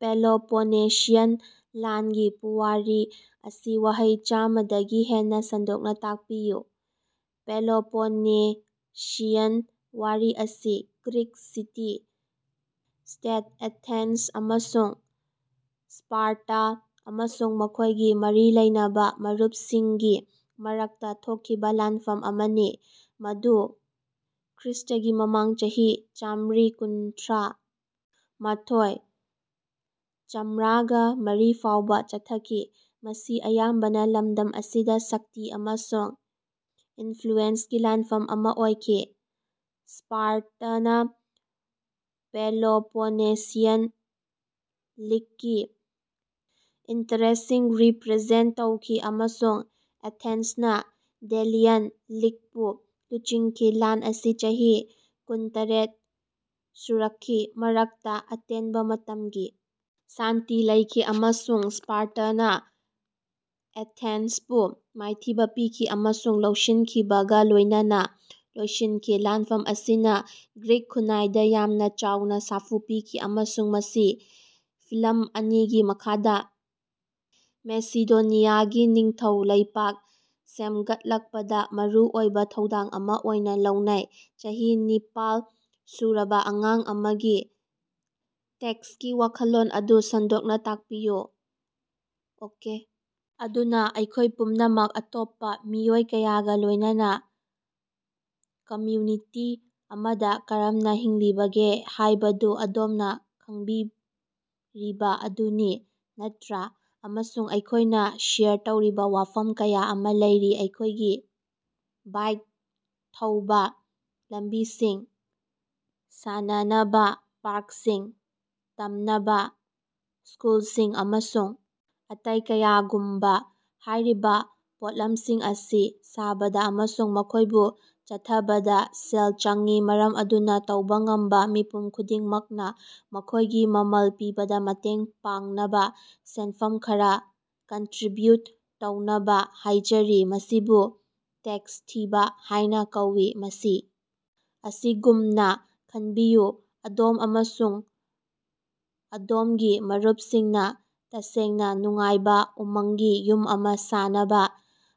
Peloponnesian ꯂꯥꯟꯒꯤ ꯄꯨꯋꯥꯔꯤ ꯑꯁꯤ ꯋꯥꯍꯩ ꯆꯥꯃ ꯗꯒꯤ ꯍꯦꯟꯅ ꯁꯟꯗꯣꯛꯅ ꯇꯥꯛꯄꯤꯌꯨ꯫ ꯄꯦꯂꯣꯄꯣꯅꯦꯁꯤꯌꯥꯟ ꯋꯥꯔ ꯑꯁꯤ ꯒ꯭ꯔꯤꯛ ꯁꯤꯇꯤ-ꯁ꯭ꯇꯦꯠ ꯑꯦꯊꯦꯟꯁ ꯑꯃꯁꯨꯡ ꯁ꯭ꯄꯥꯔꯇꯥ, ꯑꯃꯁꯨꯡ ꯃꯈꯣꯏꯒꯤ ꯃꯔꯤ ꯂꯩꯅꯕ ꯃꯔꯨꯞꯁꯤꯡꯒꯤ ꯃꯔꯛꯇ ꯊꯣꯛꯈꯤꯕ ꯂꯥꯟꯐꯝ ꯑꯃꯅꯤ, ꯃꯗꯨ ꯈ꯭ꯔ꯭ꯏꯁ꯭ꯇꯒꯤ ꯃꯃꯥꯡ ꯆꯍꯤ ꯆꯥꯃ꯭ꯔꯤ ꯀꯨꯟꯊ꯭ꯔ ꯃꯊꯣꯏ-ꯆꯃ꯭ꯔꯒ ꯃꯔꯤ ꯐꯥꯎꯕ ꯆꯠꯊꯈꯤ꯫ ꯃꯁꯤ ꯑꯌꯥꯝꯕꯅ ꯂꯝꯗꯝ ꯑꯁꯤꯗ ꯁꯛꯇꯤ ꯑꯃꯁꯨꯡ ꯏꯅꯐ꯭ꯂꯨꯑꯦꯟꯁꯀꯤ ꯂꯥꯟꯐꯝ ꯑꯃ ꯑꯣꯏꯈꯤ, ꯁ꯭ꯄꯥꯔꯇꯅ ꯄꯦꯂꯣꯄꯣꯅꯦꯁꯤꯌꯥꯟ ꯂꯤꯒꯀꯤ ꯏꯟꯇꯔꯦꯁ꯭ꯇꯁꯤꯡ ꯔꯤꯄ꯭ꯔꯖꯦꯟꯠ ꯇꯧꯈꯤ ꯑꯃꯁꯨꯡ ꯑꯦꯊꯦꯟꯁꯅ ꯗꯦꯂꯤꯌꯟ ꯂꯤꯒꯄꯨ ꯂꯨꯆꯤꯡꯈꯤ꯫ ꯂꯥꯟ ꯑꯁꯤ ꯆꯍꯤ ꯀꯨꯟꯇꯔꯦꯠ ꯁꯨꯔꯛꯈꯤ, ꯃꯔꯛꯇ ꯑꯇꯦꯟꯕ ꯃꯇꯝꯒꯤ ꯁꯥꯟꯇꯤ ꯂꯩꯈꯤ, ꯑꯃꯁꯨꯡ ꯁ꯭ꯄꯥꯔꯇꯅ ꯑꯦꯊꯦꯟꯁꯄꯨ ꯃꯥꯏꯊꯤꯕ ꯄꯤꯈꯤ ꯑꯃꯁꯨꯡ ꯂꯧꯁꯤꯟꯈꯤꯕꯒ ꯂꯣꯏꯅꯅ ꯂꯣꯏꯁꯤꯟꯈꯤ꯫ ꯂꯥꯟꯐꯝ ꯑꯁꯤꯅ ꯒ꯭ꯔꯤꯛ ꯈꯨꯟꯅꯥꯏꯗ ꯌꯥꯝꯅ ꯆꯥꯎꯅ ꯁꯥꯐꯨ ꯄꯤꯈꯤ ꯑꯃꯁꯨꯡ ꯃꯁꯤ ꯐꯤꯂꯤꯞ ꯑꯅꯤꯒꯤ ꯃꯈꯥꯗ ꯃꯦꯁꯤꯗꯣꯅꯤꯌꯥꯒꯤ ꯅꯤꯡꯊꯧ ꯂꯩꯕꯥꯛ ꯁꯦꯃꯒꯠꯂꯛꯄꯗꯥ ꯃꯔꯨꯑꯣꯏꯕ ꯊꯧꯗꯣꯛ ꯑꯃꯥ ꯑꯣꯏꯅ ꯂꯧꯅꯩ꯫ ꯆꯍꯤ ꯅꯤꯄꯥꯜ ꯁꯨꯔꯕ ꯑꯉꯥꯡ ꯑꯃꯒꯤ ꯇꯦꯛꯁꯀꯤ ꯋꯥꯈꯜꯂꯣꯟ ꯑꯗꯨ ꯁꯟꯗꯣꯛꯅ ꯇꯥꯛꯄꯤꯌꯨ꯫ ꯑꯣꯀꯦ! ꯑꯗꯨꯅꯥ, ꯑꯩꯈꯣꯏ ꯄꯨꯝꯅꯃꯛ ꯑꯇꯣꯞꯄ ꯃꯤꯑꯣꯏ ꯀꯌꯥꯒ ꯂꯣꯏꯅꯅ ꯀꯝꯌꯨꯅꯤꯇꯤ ꯑꯃꯗ ꯀꯔꯝꯅ ꯍꯤꯡꯂꯤꯕꯒꯦ ꯍꯥꯌꯕꯗꯨ ꯑꯗꯣꯝꯅ ꯈꯪꯕꯤꯔꯤꯕ ꯑꯗꯨꯅꯤ, ꯅꯠꯇ꯭ꯔꯥ? ꯑꯃꯁꯨꯡ ꯑꯩꯈꯣꯏꯅ ꯁꯦꯌꯔ ꯇꯧꯔꯤꯕ ꯋꯥꯐꯝ ꯀꯌꯥ ꯑꯃ ꯂꯩꯔꯤ ꯑꯩꯈꯣꯏꯒꯤ ꯕꯥꯏꯛ ꯊꯧꯕ ꯂꯝꯕꯤꯁꯤꯡ, ꯁꯥꯟꯅꯅꯕ ꯄꯥ꯭ꯔꯛꯁꯤꯡ, ꯇꯝꯅꯕ ꯁ꯭ꯀꯨꯂꯁꯤꯡ ꯑꯃꯁꯨꯡ ꯑꯇꯩ ꯀꯌꯥꯒꯨꯝꯕꯥ꯫ ꯍꯥꯏꯔꯤꯕ ꯄꯣꯠꯂꯝꯁꯤꯡ ꯑꯁꯤ ꯁꯥꯕꯗ ꯑꯃꯁꯨꯡ ꯃꯈꯣꯏꯕꯨ ꯆꯠꯊꯕꯗ ꯁꯦꯜ ꯆꯪꯏ, ꯃꯔꯝ ꯑꯗꯨꯅ ꯇꯧꯕ ꯉꯝꯕꯥ ꯃꯤꯄꯨꯝ ꯈꯨꯗꯤꯡꯃꯛꯅ, ꯃꯈꯣꯏꯒꯤ ꯃꯃꯜ ꯄꯤꯕꯗ ꯃꯇꯦꯡ ꯄꯥꯡꯅꯕ ꯁꯦꯅꯐꯝ ꯈꯔ ꯀꯟꯇ꯭ꯔꯤꯕ꯭ꯌꯨꯠ ꯇꯧꯅꯕ ꯍꯥꯏꯖꯔꯤ꯫ ꯃꯁꯤꯕꯨ ꯇꯦꯛꯁ ꯊꯤꯕ ꯍꯥꯏꯅꯥ ꯀꯧꯏ꯫ ꯃꯁꯤ ꯑꯁꯤꯒꯨꯝꯅ ꯈꯟꯕꯤꯌꯨ ꯑꯗꯣꯝ ꯑꯃꯁꯨꯡ ꯑꯗꯣꯝꯒꯤ ꯃꯔꯨꯞꯁꯤꯡꯅ ꯇꯁꯦꯡꯅ ꯅꯨꯡꯉꯥꯏꯕ ꯎꯃꯪꯒꯤ ꯌꯨꯝ ꯑꯃ ꯁꯥꯅꯕ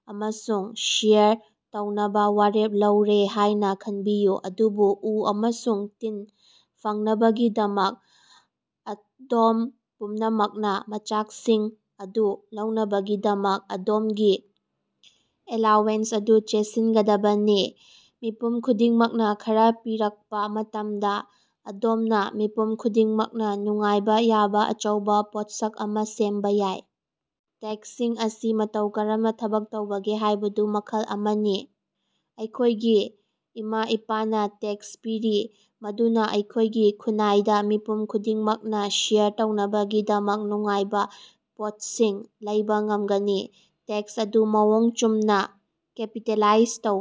ꯑꯃꯁꯨꯡ ꯁꯦꯌꯔ ꯇꯧꯅꯕ ꯋꯥꯔꯦꯞ ꯂꯧꯔꯦ ꯍꯥꯏꯅ ꯈꯟꯕꯤꯌꯨ꯫ ꯑꯗꯨꯕꯨ, ꯎ ꯑꯃꯁꯨꯡ ꯇꯤꯟ ꯐꯪꯅꯕꯒꯤꯗꯃꯛ, ꯑꯗꯣꯝ ꯄꯨꯝꯅꯃꯛꯅ ꯃꯆꯥꯛꯁꯤꯡ ꯑꯗꯨ ꯂꯧꯅꯕꯒꯤꯗꯃꯛ ꯑꯗꯣꯝꯒꯤ ꯑꯦꯂꯥꯋꯦꯟꯁ ꯑꯗꯨ ꯆꯦꯠꯁꯤꯒꯗꯕꯅꯤ꯫ ꯃꯤꯄꯨꯝ ꯈꯨꯗꯤꯡꯃꯛꯅ ꯈꯔ ꯄꯤꯔꯛꯄ ꯃꯇꯝꯗ, ꯑꯗꯣꯝꯅ ꯃꯤꯄꯨꯝ ꯈꯨꯗꯤꯡꯃꯛꯅ ꯅꯨꯡꯉꯥꯏꯕ ꯌꯥꯕ ꯑꯆꯧꯕ ꯄꯣꯠꯁꯛ ꯑꯃ ꯁꯦꯝꯕ ꯌꯥꯏ! ꯇꯦꯛꯁꯁꯤꯡ ꯑꯁꯤ ꯃꯇꯧ ꯀꯔꯝꯅ ꯊꯕꯛ ꯇꯧꯕꯒꯦ ꯍꯥꯏꯕꯗꯨ ꯃꯈꯜ ꯑꯃꯅꯤ꯫ ꯑꯩꯈꯣꯏꯒꯤ ꯏꯃꯥ-ꯏꯄꯥꯅ ꯇꯦꯛꯁ ꯄꯤꯔꯤ ꯃꯗꯨꯅ ꯑꯩꯈꯣꯏꯒꯤ ꯈꯨꯟꯅꯥꯏꯗ ꯃꯤꯄꯨꯝ ꯈꯨꯗꯤꯡꯃꯛꯅ ꯁꯦꯌꯔ ꯇꯧꯅꯕꯒꯤꯗꯃꯛ ꯅꯨꯡꯉꯥꯏꯕ ꯄꯣꯠꯁꯤꯡ ꯂꯩꯕ ꯉꯝꯒꯅꯤ꯫ ꯇꯦꯛꯁ ꯑꯗꯨ ꯃꯑꯣꯡ ꯆꯨꯝꯅ ꯀꯦꯄꯤꯇꯦꯂꯥꯏꯖ ꯇꯧ꯫